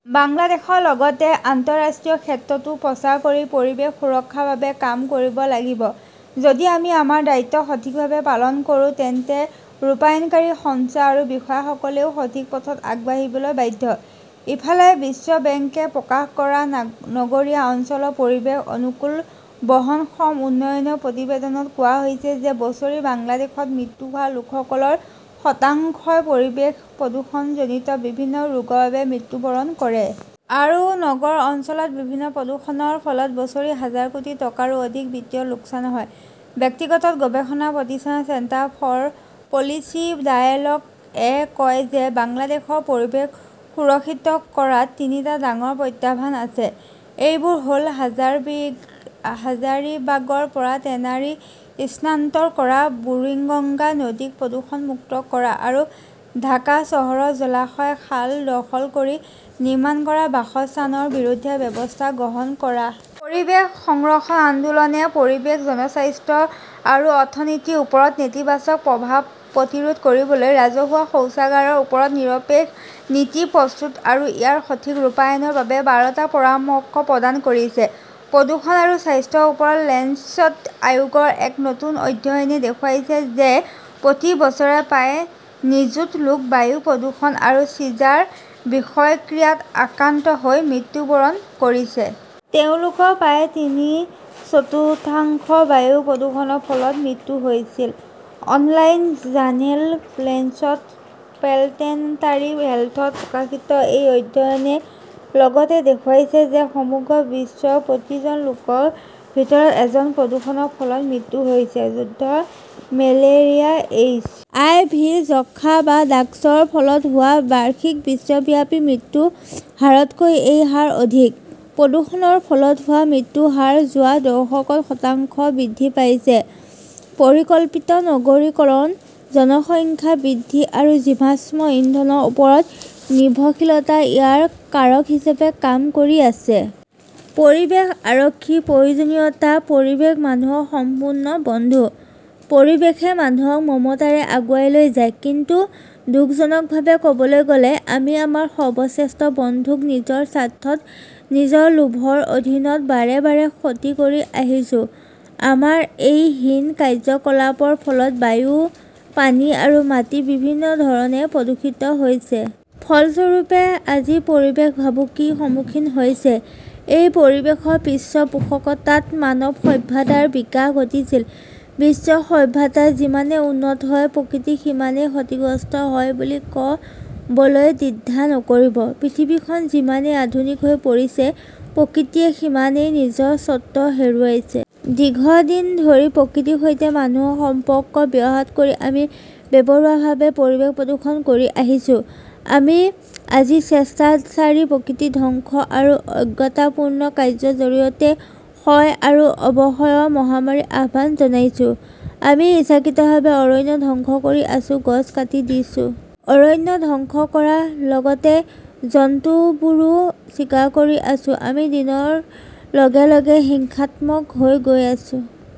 বাংলাদেশৰ লগতে আন্তঃৰাষ্ট্ৰীয় ক্ষেত্ৰতো প্ৰচাৰ কৰি পৰিৱেশ সুৰক্ষাৰ বাবে কাম কৰিব লাগিব। যদি আমি আমাৰ দায়িত্ব সঠিকভাৱে পালন কৰোঁ তেন্তে ৰূপায়ণকাৰী সংস্থা আৰু বিষয়াসকলেও সঠিক পথত আগবাঢ়িবলৈ বাধ্য। ইফালে, বিশ্ব বেংকে প্ৰকাশ কৰা নগৰীয়া অঞ্চলৰ পৰিৱেশ অনুকূল বহনক্ষম উন্নয়নৰ প্ৰতিবেদনত কোৱা হৈছে যে বছৰি বাংলাদেশত মৃত্যু হোৱা লোকসকলৰ শতাংশই পৰিৱেশ প্ৰদূষণজনিত বিভিন্ন ৰোগৰ বাবে মৃত্যুবৰণ কৰে। আৰু নগৰ অঞ্চলত বিভিন্ন প্ৰদূষণৰ ফলত বছৰি হাজাৰ কোটি টকাৰো অধিক বিত্তীয় লোকচান হয়। ব্যক্তিগত গৱেষণা প্ৰতিষ্ঠান চেণ্টাৰ ফৰ পলিচি ডায়ালগ -এ কয় যে, বাংলাদেশৰ পৰিৱেশ সুৰক্ষিত কৰাত তিনিটা ডাঙৰ প্ৰত্যাহ্বান আছে। এইবোৰ হ'ল হাজাৰিবাগৰ পৰা টেনাৰী স্থানান্তৰ কৰা, বুৰিগঙ্গা নদীক প্ৰদূষণমুক্ত কৰা আৰু ঢাকা চহৰৰ জলাশয়, খাল দখল কৰি নিৰ্মাণ কৰা বাসস্থানৰ বিৰুদ্ধে ব্যৱস্থা গ্ৰহণ কৰা। পৰিৱেশ সংৰক্ষণ আন্দোলনে পৰিৱেশ, জনস্বাস্থ্য আৰু অৰ্থনীতিৰ ওপৰত নেতিবাচক প্ৰভাৱ প্ৰতিৰোধ কৰিবলৈ ৰাজহুৱা শৌচাগাৰৰ ওপৰত নিৰপেক্ষ নীতি প্ৰস্তুত আৰু ইয়াৰ সঠিক ৰূপায়ণৰ বাবে বাৰটা পৰামৰ্শ প্ৰদান কৰিছে। প্ৰদূষণ আৰু স্বাস্থ্যৰ ওপৰত লেঞ্চেট আয়োগৰ এক নতুন অধ্যয়নে দেখুৱাইছে যে, প্ৰতি বছৰে প্ৰায় নিযুত লোক বায়ু প্ৰদূষণ আৰু চিজাৰ বিষক্ৰিয়াত আক্ৰান্ত হৈ মৃত্যুবৰণ কৰিছে। তেওঁলোকৰ প্ৰায় তিনি-চতুৰ্থাংশ বায়ু প্ৰদূষণৰ ফলত মৃত্যু হৈছিল। অনলাইন জাৰ্নেল লেঞ্চেট প্লেনেটাৰী হেল্থত প্ৰকাশিত এই অধ্যয়নে লগতে দেখুৱাইছে যে সমগ্ৰ বিশ্বৰ প্ৰতি জন লোকৰ ভিতৰত এজনৰ প্ৰদূষণৰ ফলত মৃত্যু হৈছে। যুদ্ধ, মেলেৰিয়া, এইচ. আই. ভি., যক্ষ্মা বা ড্ৰাগছৰ ফলত হোৱা বাৰ্ষিক বিশ্বব্যাপী মৃত্যুৰ হাৰতকৈ এই হাৰ অধিক। প্ৰদূষণৰ ফলত হোৱা মৃত্যুৰ হাৰ যোৱা দশকত শতাংশ বৃদ্ধি পাইছে। পৰিকল্পিত নগৰীকৰণ, জনসংখ্যা বৃদ্ধি আৰু জীৱাশ্ম ইন্ধনৰ ওপৰত নিৰ্ভৰশীলতা ইয়াৰ কাৰক হিচাপে কাম কৰি আছে। পৰিৱেশ আৰক্ষীৰ প্ৰয়োজনীয়তা পৰিৱেশ মানুহৰ সম্পূৰ্ণ বন্ধু। পৰিৱেশই মানুহক মমতাৰে আগুৱাই লৈ যায়। কিন্তু দুখজনকভাৱে কবলৈ গ'লে, আমি আমাৰ সৰ্বশ্ৰেষ্ঠ বন্ধুক নিজৰ স্বাৰ্থত, নিজৰ লোভৰ অধীনত বাৰে বাৰে ক্ষতি কৰি আহিছো। আমাৰ এই হীন কাৰ্যকলাপৰ ফলত বায়ু, পানী আৰু মাটি বিভিন্ন ধৰণে প্ৰদূষিত হৈছে। ফলস্বৰূপে, আজি পৰিৱেশ ভাবুকিৰ সন্মুখীন হৈছে। এই পৰিৱেশৰ পৃষ্ঠপোষকতাত মানৱ সভ্যতাৰ বিকাশ ঘটিছিল। বিশ্ব সভ্যতা যিমানেই উন্নত হয়, প্ৰকৃতি সিমানেই ক্ষতিগ্ৰস্ত হয় বুলি ক বলৈ দ্বিধা নকৰিব। পৃথিৱীখন যিমানেই আধুনিক হৈ পৰিছে, প্ৰকৃতিয়ে সিমানেই নিজৰ স্বত্ব হেৰুৱাইছে। দীৰ্ঘদিন ধৰি প্ৰকৃতিৰ সৈতে মানুহৰ সম্পৰ্ক ব্যাহত কৰি আমি বেপৰোৱাভাৱে পৰিৱেশ প্ৰদূষণ কৰি আহিছো, আমি আজি স্বেচ্ছাচাৰী প্ৰকৃতি ধ্বংস আৰু অজ্ঞতাপূৰ্ণ কাৰ্য্যৰ জৰিয়তে ক্ষয় আৰু অৱক্ষয়ৰ মহামাৰীৰ আহ্বান জনাইছো। আমি ইচ্ছাকৃতভাৱে অৰণ্য ধ্বংস কৰি আছো, গছ কাটি দিছো। অৰণ্য ধ্বংস কৰা। লগতে জন্তুবোৰো চিকাৰ কৰি আছে। আমি দিনৰ লগে লগে হিংসাত্মক হৈ গৈ আছো।